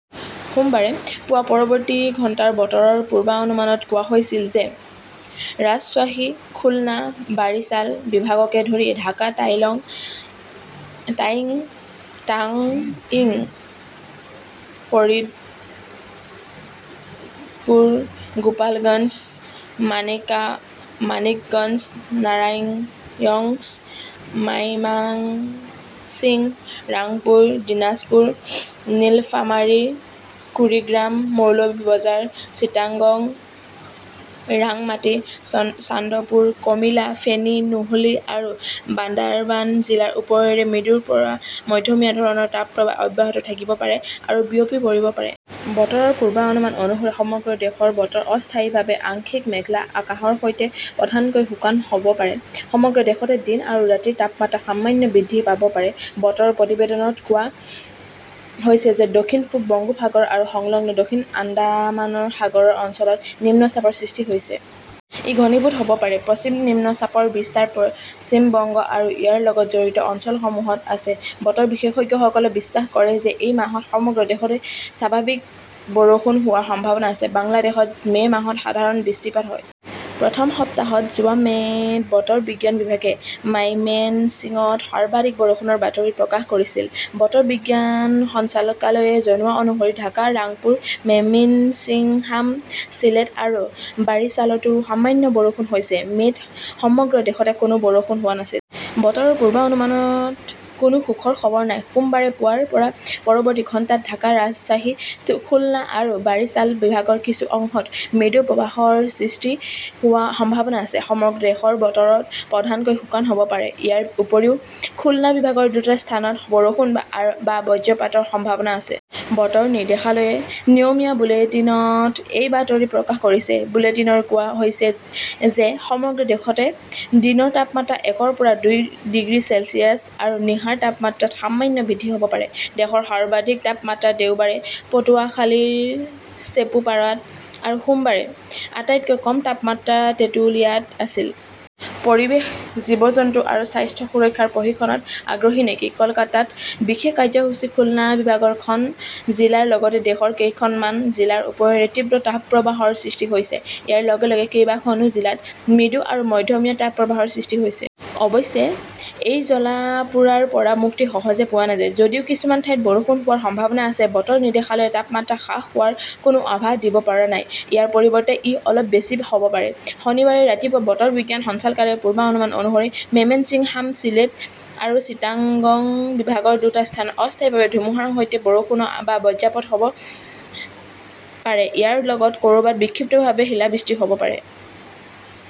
সোমবাৰে পুৱাৰ পৰৱৰ্তী ঘণ্টাৰ বতৰৰ পূৰ্বানুমানত কোৱা হৈছিল যে ৰাজশ্বাহী, খুলনা, বাৰিছাল বিভাগকে ধৰি ঢাকা, তাংইল, ফৰিদপুৰ, গোপালগঞ্জ, মানিকগঞ্জ, নাৰাংইয়ংছ, মাইমাংইছিং, ৰাংপুৰ, দিনাজপুৰ, নীলফামাৰী, কুৰিগ্ৰাম, মৌলভি বজাৰ, চিটাগং, ৰাংমাটী, চান্দপুৰ, কমিলা, ফেনী, নোহলী আৰু বান্দাৰবান জিলাৰ ওপৰেৰে মৃদুৰ পৰা মধ্যমীয়া ধৰণৰ তাপপ্ৰৱাহ অব্যাহত থাকিব পাৰে আৰু বিয়পি পৰিব পাৰে। বতৰৰ পূৰ্বানুমান অনুসৰি সমগ্ৰ দেশৰ বতৰ অস্থায়ীভাৱে আংশিক মেঘলা আকাশৰ সৈতে প্ৰধানকৈ শুকান হ'ব পাৰে। সমগ্ৰ দেশতে দিন আৰু ৰাতিৰ তাপমাত্ৰা সামান্য বৃদ্ধি পাব পাৰে। বতৰৰ প্ৰতিবেদনত কোৱা হৈছে যে, দক্ষিণ-পূব বংগোপসাগৰ আৰু সংলগ্ন দক্ষিণ আন্দামান সাগৰ অঞ্চলত নিম্নচাপৰ সৃষ্টি হৈছে। ই ঘনীভূত হ'ব পাৰে। পশ্চিম নিম্নচাপৰ বিস্তাৰ পশ্চিম বংগ আৰু ইয়াৰ লগত জড়িত অঞ্চলসমূহত আছে। বতৰ বিশেষজ্ঞসকলে বিশ্বাস কৰে যে এই মাহত সমগ্ৰ দেশতে স্বাভাৱিক বৰষুণ হোৱাৰ সম্ভাৱনা আছে। বাংলাদেশত মে মাহত সাধাৰণ বৃষ্টিপাত হয়। প্ৰথম সপ্তাহত, যোৱা মে 'ত, বতৰ বিজ্ঞান বিভাগে মাইমেনছিংত সৰ্বাধিক বৰষুণৰ বাতৰি প্ৰকাশ কৰিছিল। বতৰ বিজ্ঞান সঞ্চালকালয়ে জনোৱা অনুসৰি ঢাকা, ৰাংপুৰ, মেমিন্সিংহাম, চিলেট আৰু বাৰিচালতো সামান্য বৰষুণ হৈছে। মে 'ত সমগ্ৰ দেশতে কোনো বৰষুণ হোৱা নাছিল। বতৰৰ পূৰ্বানুমানত কোনো সুখৰ খবৰ নাই সোমবাৰে পুৱাৰ পৰা পৰৱৰ্তী ঘণ্টাত ঢাকা, ৰাজশ্বাহী, খুলনা আৰু বাৰিছাল বিভাগৰ কিছু অংশত মৃদু তাপপ্ৰৱাহৰ সৃষ্টি হোৱাৰ সম্ভাৱনা আছে। সমগ্ৰ দেশৰ বতৰ প্ৰধানকৈ শুকান হ'ব পাৰে। ইয়াৰ উপৰিও, খুলনা বিভাগৰ দুটা স্থানত বৰষুণ বা বজ্ৰপাতৰ সম্ভাৱনা আছে। বতৰ নিৰ্দেশালয়ে নিয়মীয়া বুলেটিনত এই বাতৰি প্ৰকাশ কৰিছে। বুলেটিনত কোৱা হৈছে যে, সমগ্ৰ দেশতে দিনৰ তাপমাত্ৰা একৰ পৰা দুই ডিগ্ৰী চেলছিয়াছ আৰু নিশাৰ তাপমাত্ৰাত সামান্য বৃদ্ধি হ'ব পাৰে। দেশৰ সৰ্বাধিক তাপমাত্ৰা দেওবাৰে পটুৱাখালীৰ চেপুপাৰাত আৰু সোমবাৰে আটাইতকৈ কম তাপমাত্ৰা টেটুলিয়াত আছিল। পৰিৱেশ, জীৱ-জন্তু আৰু স্বাস্থ্য সুৰক্ষাৰ প্ৰশিক্ষণত আগ্ৰহী নেকি? কলকাতাত বিশেষ কাৰ্যসূচী খুলনা বিভাগৰ খন জিলাৰ লগতে দেশৰ কেইখনমান জিলাৰ ওপৰেৰে তীব্ৰ তাপপ্ৰৱাহৰ সৃষ্টি হৈছে। ইয়াৰ লগে লগে কেইবাখনো জিলাত মৃদু আৰু মধ্যমীয়া তাপপ্ৰৱাহৰ সৃষ্টি হৈছে। অৱশ্যে, এই জ্বলা-পোৰাৰ পৰা মুক্তি সহজে পোৱা নাযায়। যদিও কিছুমান ঠাইত বৰষুণ হোৱাৰ সম্ভাৱনা আছে, বতৰ নিৰ্দেশালয়ে তাপমাত্ৰা হ্ৰাস হোৱাৰ কোনো আভাস দিব পৰা নাই; ইয়াৰ পৰিৱৰ্তে ই অলপ বেছি হ'ব পাৰে। শনিবাৰে ৰাতিপুৱা বতৰ বিজ্ঞান সঞ্চালকালয়ৰ পূৰ্বানুমান অনুসৰি, মেমিন্সিংহাম, ছিলেট আৰু চিটাগং বিভাগৰ দুটা স্থানত অস্থায়ীভাৱে ধুমুহাৰ সৈতে বৰষুণ বা বজ্ৰপাত হ 'ব পাৰে। ইয়াৰ লগত ক'ৰবাত বিক্ষিপ্তভাৱে শিলাবৃষ্টি হ'ব পাৰে।